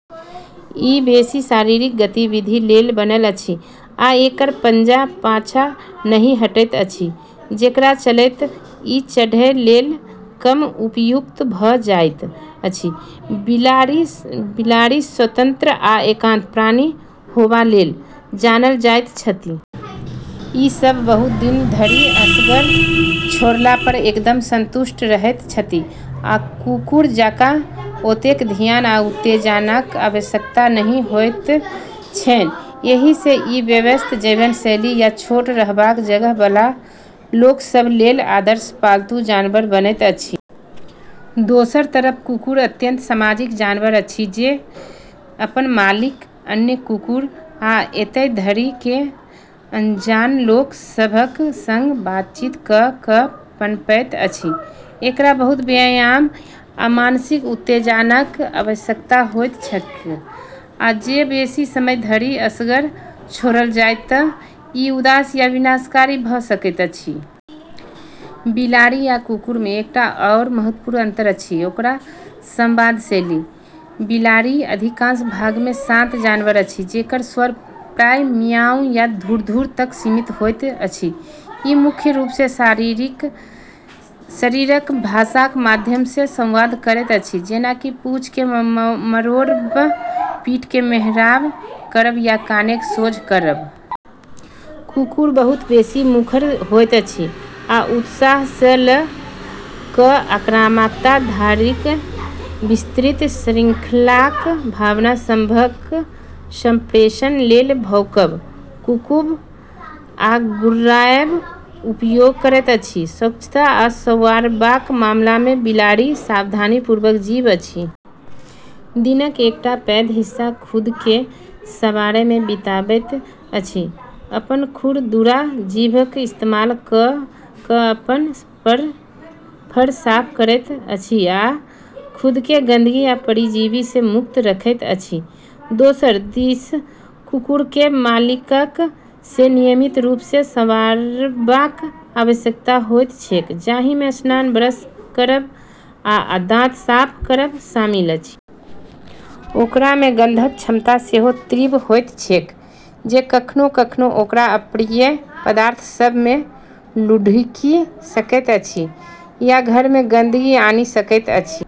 ई बेसी शारीरिक गतिविधि लेल बनल अछि, आ एकर पंजा पाछाँ नहि हटैत अछि, जेकरा चलैत ई चढ़ै लेल कम उपयुक्त भऽ जाइत अछि। बिलाड़ि स्वतंत्र आ एकांत प्राणी होबा लेल जानल जाइत छथि। ई सभ बहुत दिन धरि असगर छोड़ला पर एकदम संतुष्ट रहैत छथि आ कुकुर जकाँ ओतेक ध्यान आ उत्तेजनाक आवश्यकता नहि होइत छैन। एहि सँ ई व्यस्त जीवनशैली या छोट रहबाक जगह बला लोक सभ लेल आदर्श पालतू जानवर बनैत अछि। दोसर तरफ कुकुर अत्यंत सामाजिक जानवर अछि जे अपन मालिक, अन्य कुकुर, आ एतय धरि कि अनजान लोक सभक संग बातचीत कऽ कऽ पनपैत अछि। एकरा बहुत व्यायाम आ मानसिक उत्तेजनाक आवश्यकता होइत छैक, आ जँ बेसी समय धरि असगर छोड़ल जाए तँ ई उदास या विनाशकारी भऽ सकैत अछि। बिलाड़ि आ कुकुर मे एकटा आओर महत्वपूर्ण अंतर अछि ओकर संवाद शैली। बिलाड़ि, अधिकांश भाग मे, शांत जानवर अछि, जेकर स्वर प्रायः म्याऊ या घुरघुर तक सीमित होइत अछि। ई मुख्य रूप सँ शरीरक भाषाक माध्यम सँ संवाद करैत अछि, जेना कि पूँछकेँ मरोड़ब, पीठकेँ मेहराब करब या कानकेँ सोझ करब। कुकुर बहुत बेसी मुखर होइत अछि आ उत्साह सँ लऽ कऽ आक्रामकता धरिक विस्तृत श्रृंखलाक भावना सभक संप्रेषण लेल भौंकब, कूँकब आ गुर्राएबक उपयोग करैत अछि। स्वच्छता आ संवारबाक मामला मे बिलाड़ि सावधानीपूर्वक जीव अछि। दिनक एकटा पैघ हिस्सा खुदकेँ संवारै मे बिताबैत अछि, अपन खुरदुरा जीभक इस्तेमाल कऽ कऽ अपन फर साफ करैत अछि आ खुदकेँ गंदगी आ परजीवी सँ मुक्त रखैत अछि। दोसर दिस कुकुरकेँ मालिकक सँ नियमित रूप सँ संवारबाक आवश्यकता होइत छैक, जाही मे स्नान, ब्रश करब, आ दाँत साफ करब शामिल अछि। ओकरा मे गंधक क्षमता सेहो तीव्र होइत छैक, जे कखनो-कखनो ओकरा अप्रिय पदार्थ सभ मे लुढ़कि सकैत अछि या घर मे गंदगी आनि सकैत अछि।